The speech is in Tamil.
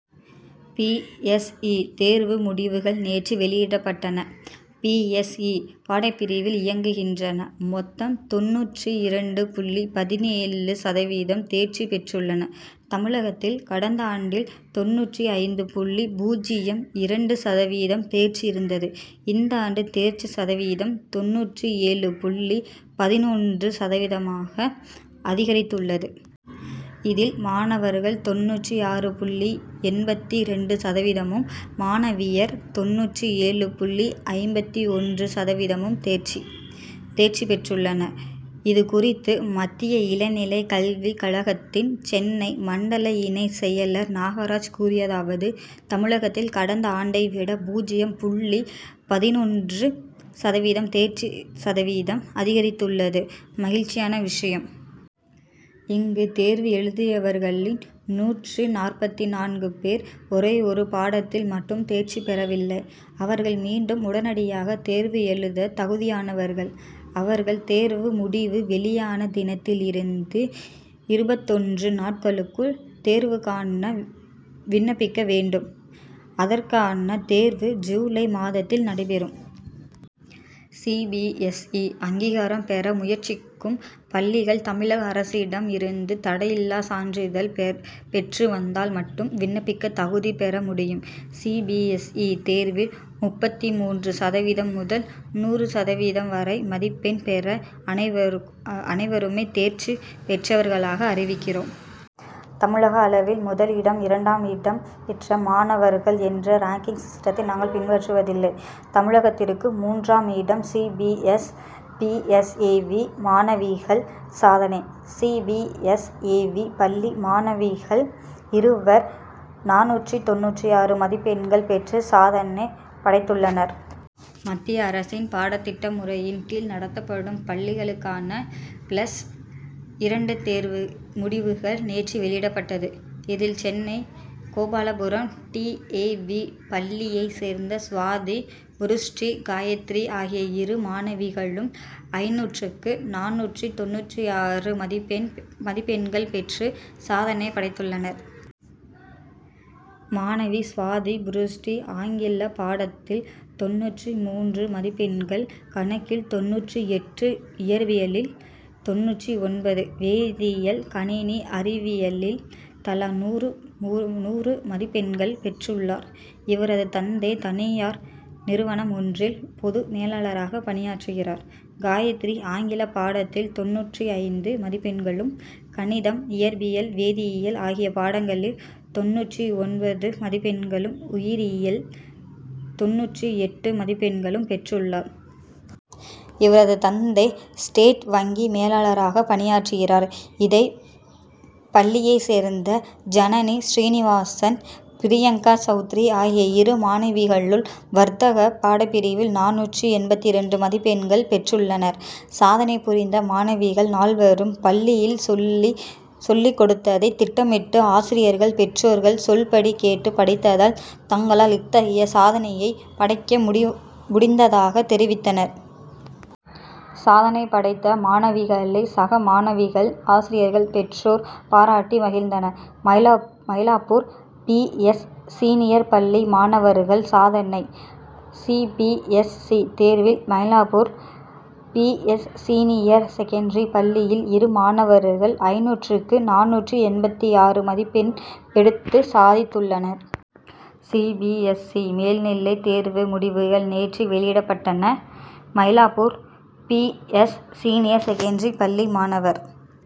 பி. எஸ். இ. தேர்வு முடிவுகள் நேற்று வெளியிடப்பட்டன. பி. எஸ். இ. பாடப்பிரிவில் இயங்குகின்றன. மொத்தம் தொண்ணூற்று இரண்டு புள்ளி பதினேழு சதவீதம் தேர்ச்சி பெற்றுள்ளனர். தமிழகத்தில் கடந்தாண்டில் தொண்ணூற்று ஐந்து புள்ளி பூஜ்யம் இரண்டு சதவீதம் தேர்ச்சி இருந்தது. இந்தாண்டு தேர்ச்சி சதவீதம் தொண்ணூற்று ஏழு புள்ளி பதினொன்று சதவீதமாக அதிகரித்துள்ளது. இதில் மாணவர்கள் தொண்ணூற்று ஆறு புள்ளி எண்பத்து இரண்டு சதவீதமும் மாணவியர் தொண்ணூற்று ஏழு புள்ளி ஐம்பத்து ஒன்று சதவீதமும் தேர்ச்சி பெற்றுள்ளனர். இது குறித்து மத்திய இளநிலை கல்விக் கழகத்தின் சென்னை மண்டல இணைச் செயலர் நாகராஜ் கூறியதாவது தமிழகத்தில் கடந்த ஆண்டை விட பூஜ்யம் புள்ளி பதினொன்று சதவீதம் தேர்ச்சி சதவீதம் அதிகரித்துள்ளது மகிழ்ச்சியான விஷயம். இங்கு தேர்வு எழுதியவர்களில் நூற்று நாற்பத்து நான்கு பேர் ஒரேயொரு பாடத்தில் மட்டும் தேர்ச்சி பெறவில்லை. அவர்கள் மீண்டும் உடனடியாக தேர்வு எழுத தகுதியானவர்கள். அவர்கள் தேர்வு முடிவு வெளியான தினத்தில் இருந்து இருபத்தொன்று நாட்களுக்குள் தேர்வுக்காக விண்ணப்பிக்க வேண்டும். அதற்கான தேர்வு ஜூலை மாதத்தில் நடைபெறும். சி. பி. எஸ். இ. அங்கீகாரம் பெற முயற்சிக்கும் பள்ளிகள் தமிழக அரசிடம் இருந்து தடையில்லா சான்றிதழ் பெற்று வந்தால் மட்டும் விண்ணப்பிக்க தகுதி பெற முடியும். சி. பி. எஸ். இ. தேர்வில் முப்பத்து மூன்று சதவீதம் முதல் நூறு சதவீதம் வரை மதிப்பெண் பெற்ற அனைவருமே தேர்ச்சி பெற்றவர்களாக அறிவிக்கிறோம். தமிழக அளவில் முதலிடம் இரண்டாம் இடம் பெற்ற மாணவர்கள் என்ற ரேங்க்கிங் சிஸ்டத்தை நாங்கள் பின்பற்றுவதில்லை. தமிழகத்திற்கு மூன்றாமிடம் C. B. S. P. S. A. V. மாணவிகள் சாதனை C. B. S. A. V. பள்ளி மாணவிகள் இருவர் நானூற்று தொண்ணூறு ஆறு மதிப்பெண்கள் பெற்று சாதனை படைத்துள்ளனர். மத்திய அரசின் பாடத்திட்ட முறையின் கீழ் நடத்தப்படும் பள்ளிகளுக்கான பிளஸ் இரண்டு தேர்வு முடிவுகள் நேற்று வெளியிடப்பட்டது. இதில் Chennai Gopalapuram D. A. V. பள்ளியை சேர்ந்த சுவாதி புருஷ்டி காயத்ரி ஆகிய இரு மாணவிகளும் ஐநூற்றுக்கு நானூற்று தொண்ணூறு மதிப்பெண்கள் பெற்று சாதனை புரிந்துள்ளனர். மாணவி சுவாதி புருஷ்டி ஆங்கில பாடத்தில் தொண்ணூற்று மூன்று மதிப்பெண்கள் கணக்கில் தொண்ணூற்று எட்டு இயற்பியலில் தொண்ணூற்று ஒன்பது வேதியியல் கணினி அறிவியலில் தலா நூறு மதிப்பெண்கள் பெற்றுள்ளார். இவரது தந்தை தனியார் நிறுவனம் ஒன்றில் பொது மேலாளராக பணியாற்றுகிறார். காயத்ரி ஆங்கில பாடத்தில் தொண்ணூற்று ஐந்து மதிப்பெண்களும் கணிதம் இயற்பியல் வேதியியல் ஆகிய பாடங்களில் தொண்ணூற்று ஒன்பது மதிப்பெண்களும் உயிரியலில் தொண்ணூற்று எட்டு மதிப்பெண்களும் பெற்றுள்ளார். இவரது தந்தை ஸ்டேட் வங்கி மேலாளராக பணியாற்றுகிறார். இதே பள்ளியை சேர்ந்த ஜனனி ஸ்ரீனிவாசன் பிரியங்கா சவுத்ரி ஆகிய இரு மாணவிகளும் வர்த்தக பாடப்பிரிவில் நானூற்று எண்பத்து இரண்டு மதிப்பெண்கள் பெற்றுள்ளனர். சாதனை புரிந்த மாணவிகள் நால்வரும் பள்ளியில் சொல்லி கொடுத்ததை திட்டமிட்டு ஆசிரியர்கள் பெற்றோர்கள் சொல்படி கேட்டு படித்ததால் தங்களால் இத்தகைய சாதனையை படைக்க முடிந்ததாக தெரிவித்தனர். சாதனை படைத்த மாணவிகளை சக மாணவிகள் ஆசிரியர்கள் பெற்றோர் பாராட்டி மகிழ்ந்தனர். மயிலாப்பூர் பி. எஸ். சீனியர் பள்ளி மாணவர்கள் சாதனை சி. பி. எஸ். சி. தேர்வில் Mylapore P. S. Senior secondary பள்ளியில் இரு மாணவர்கள் ஐநூற்றுக்கு நானூற்று எண்பத்து ஆறு மதிப்பெண் எடுத்து சாதித்துள்ளனர். சி. பி. எஸ். சி. மேல்நிலை தேர்வு முடிவுகள் நேற்று வெளியிடப்பட்டன. Mylapore P. S. Senior secondary பள்ளி மாணவர்